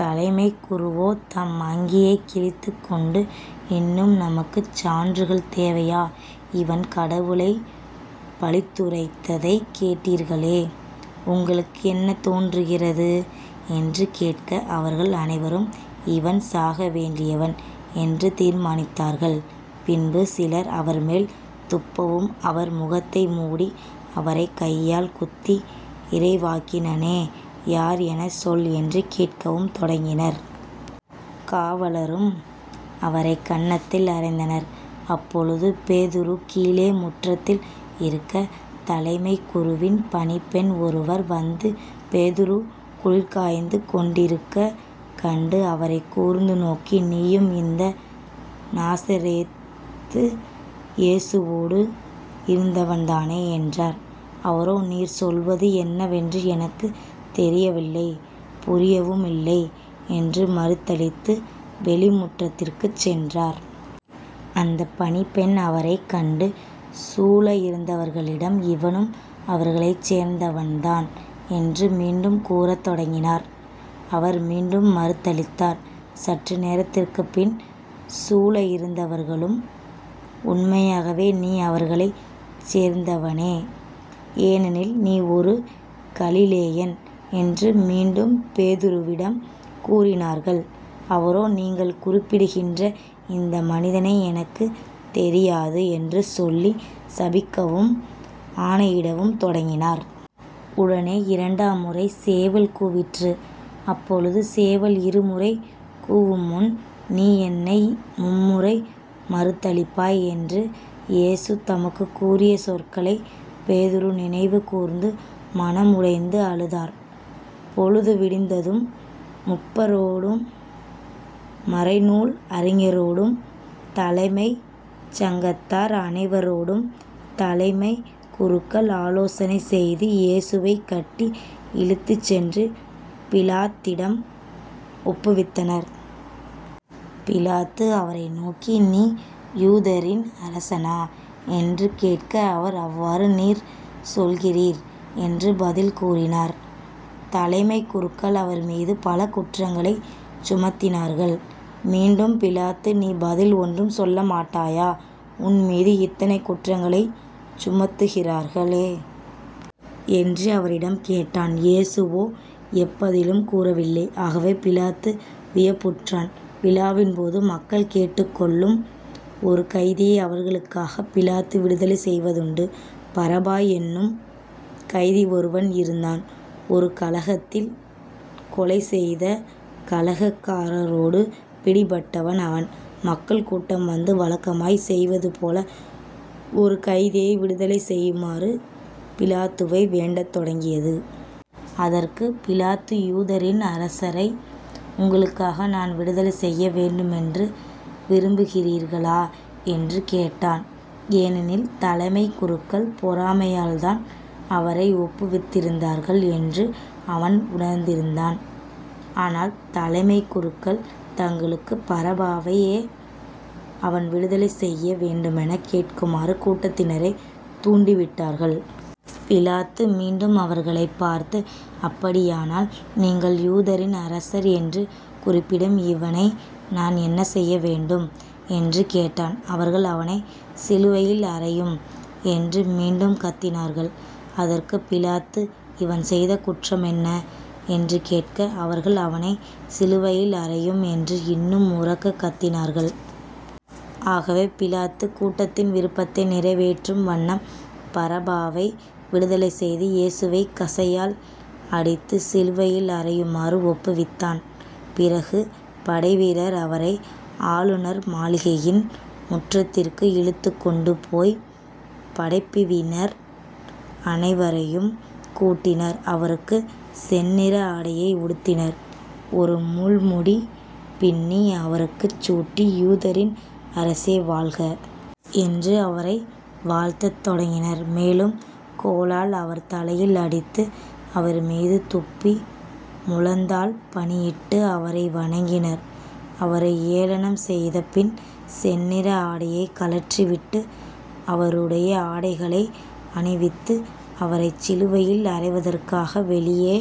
தலைமைக் குருவோ தம் அங்கியைக் கிழித்துக்கொண்டு இன்னும் நமக்குச் சான்றுகள் தேவையா? இவன் கடவுளைப் பழித்துரைத்ததைக் கேட்டீர்களே உங்களுக்கு என்ன தோன்றுகிறது? என்று கேட்க அவர்கள் அனைவரும் இவன் சாக வேண்டியவன் என்று தீர்மானித்தார்கள். பின்பு சிலர் அவர்மேல் துப்பவும் அவர் முகத்தை மூடி அவரைக் கையால் குத்தி இறைவாக்கினனே யார் எனச் சொல் என்று கேட்கவும் தொடங்கினர். காவலரும் அவரைக் கன்னத்தில் அறைந்தனர். அப்பொழுது பேதுரு கீழே முற்றத்தில் இருக்க தலைமைக் குருவின் பணிப் பெண் ஒருவர் வந்து பேதுரு குளிர்காய்ந்து கொண்டிருக்கக் கண்டு அவரைக் கூர்ந்து நோக்கி நீயும் இந்த நாசரேத்து இயேசுவோடு இருந்தவன்தானே என்றார். அவரோ நீர் சொல்வது என்னவென்று எனக்குத் தெரியவில்லை புரியவுமில்லை என்று மறுதலித்து வெளி முற்றத்திற்குச் சென்றார். அந்தப் பணிப்பெண் அவரைக் கண்டு சூழ இருந்தவர்களிடம் இவனும் அவர்களைச் சேர்ந்தவன்தான் என்று மீண்டும் கூறத் தொடங்கினார். அவர் மீண்டும் மறுதலித்தார். சற்று நேரத்திற்குப்பின் சூழ இருந்தவர்களும் உண்மையாகவே நீ அவர்களைச் சேர்ந்தவனே. ஏனெனில் நீ ஒரு கலிலேயன் என்று மீண்டும் பேதுருவிடம் கூறினார்கள். அவரோ நீங்கள் குறிப்பிடுகின்ற இந்த மனிதனை எனக்குத் தெரியாது என்று சொல்லிச் சபிக்கவும் ஆணையிடவும் தொடங்கினார். உடனே இரண்டாம் முறை சேவல் கூவிற்று. அப்பொழுது சேவல் இருமுறை கூவுமுன் நீ என்னை மும்முறை மறுதலிப்பாய் என்று இயேசு தமக்குக் கூறிய சொற்களைப் பேதுரு நினைவு கூர்ந்து மனம் உடைந்து அழுதார். பொழுது விடிந்ததும் முப்பரோடும் மறைநூல் அறிஞரோடும் தலைமைச் சங்கத்தார் அனைவரோடும் தலைமைக் குருக்கள் ஆலோசனை செய்து இயேசுவைக் கட்டி இழுத்துச் சென்று பிலாத்திடம் ஒப்புவித்தனர். பிலாத்து அவரை நோக்கி நீ யூதரின் அரசனா? என்று கேட்க அவர் அவ்வாறு நீர் சொல்கிறீர் என்று பதில் கூறினார். தலைமைக் குருக்கள் அவர்மீது பல குற்றங்களைச் சுமத்தினார்கள். மீண்டும் பிலாத்து நீ பதில் ஒன்றும் சொல்ல மாட்டாயா? உன் மீது இத்தனை குற்றங்களைச் சுமத்துகிறார்களே. என்று அவரிடம் கேட்டான். இயேசுவோ எப்பதிலும் கூறவில்லை. ஆகவே பிலாத்து வியப்புற்றான். விழாவின்போது மக்கள் கேட்டுக் கொள்ளும் ஒரு கைதியை அவர்களுக்காகப் பிலாத்து விடுதலை செய்வதுண்டு. பரபா என்னும் கைதி ஒருவன் இருந்தான். ஒரு கலகத்தில் கொலை செய்த கலகக்காரரோடு பிடிபட்டவன் அவன். மக்கள் கூட்டம் வந்து வழக்கமாய்ச் செய்வதுபோல ஒரு கைதியை விடுதலை செய்யுமாறு பிலாத்துவை வேண்டத் தொடங்கியது. அதற்குப் பிலாத்து யூதரின் அரசரை உங்களுக்காக நான் விடுதலை செய்ய வேண்டுமென்று விரும்புகிறீர்களா? என்று கேட்டான். ஏனெனில் தலைமைக் குருக்கள் பொறாமையால்தான் அவரை ஒப்புவித்திருந்தார்கள் என்று அவன் உணர்ந்திருந்தான். ஆனால் தலைமைக் குருக்கள் தங்களுக்குப் பரபாவையே அவன் விடுதலை செய்ய வேண்டுமெனக் கேட்குமாறு கூட்டத்தினரைத் தூண்டிவிட்டார்கள். பிலாத்து மீண்டும் அவர்களைப் பார்த்து அப்படியானால் நீங்கள் யூதரின் அரசர் என்று குறிப்பிடும் இவனை நான் என்ன செய்ய வேண்டும்? என்று கேட்டான். அவர்கள் அவனைச் சிலுவையில் அறையும் என்று மீண்டும் கத்தினார்கள். அதற்குப் பிலாத்து இவன் செய்த குற்றம் என்ன? என்று கேட்க, அவர்கள் அவனைச் சிலுவையில் அறையும் என்று இன்னும் உரக்கக் கத்தினார்கள். ஆகவே பிலாத்து கூட்டத்தின் விருப்பத்தை நிறைவேற்றும் வண்ணம் பரபாவை விடுதலை செய்து இயேசுவைக் கசையால் அடித்து சிலுவையில் அறையுமாறு ஒப்புவித்தான். பிறகு படைவீரர் அவரை ஆளுநர் மாளிகையின் முற்றத்திற்கு இழுத்துக்கொண்டு போய்ப் படைப்பிவினர் அனைவரையும் கூட்டினர் அவருக்குச் செந்நிற ஆடையை உடுத்தினர் ஒரு முள் முடி பின்னி அவருக்குச் சூட்டி யூதரின் அரசே வாழ்க. என்று அவரை வாழ்த்தத் தொடங்கினர் மேலும் கோலால் அவர் தலையில் அடித்து. அவர்மீது துப்பி முழந்தாள்பணியிட்டு அவரை வணங்கினர். அவரை ஏளனம் செய்த பின் செந்நிற ஆடையைக் கழற்றி விட்டு அவருடைய ஆடைகளை அணிவித்து அவரைச் சிலுவையில் அறைவதற்காக வெளியே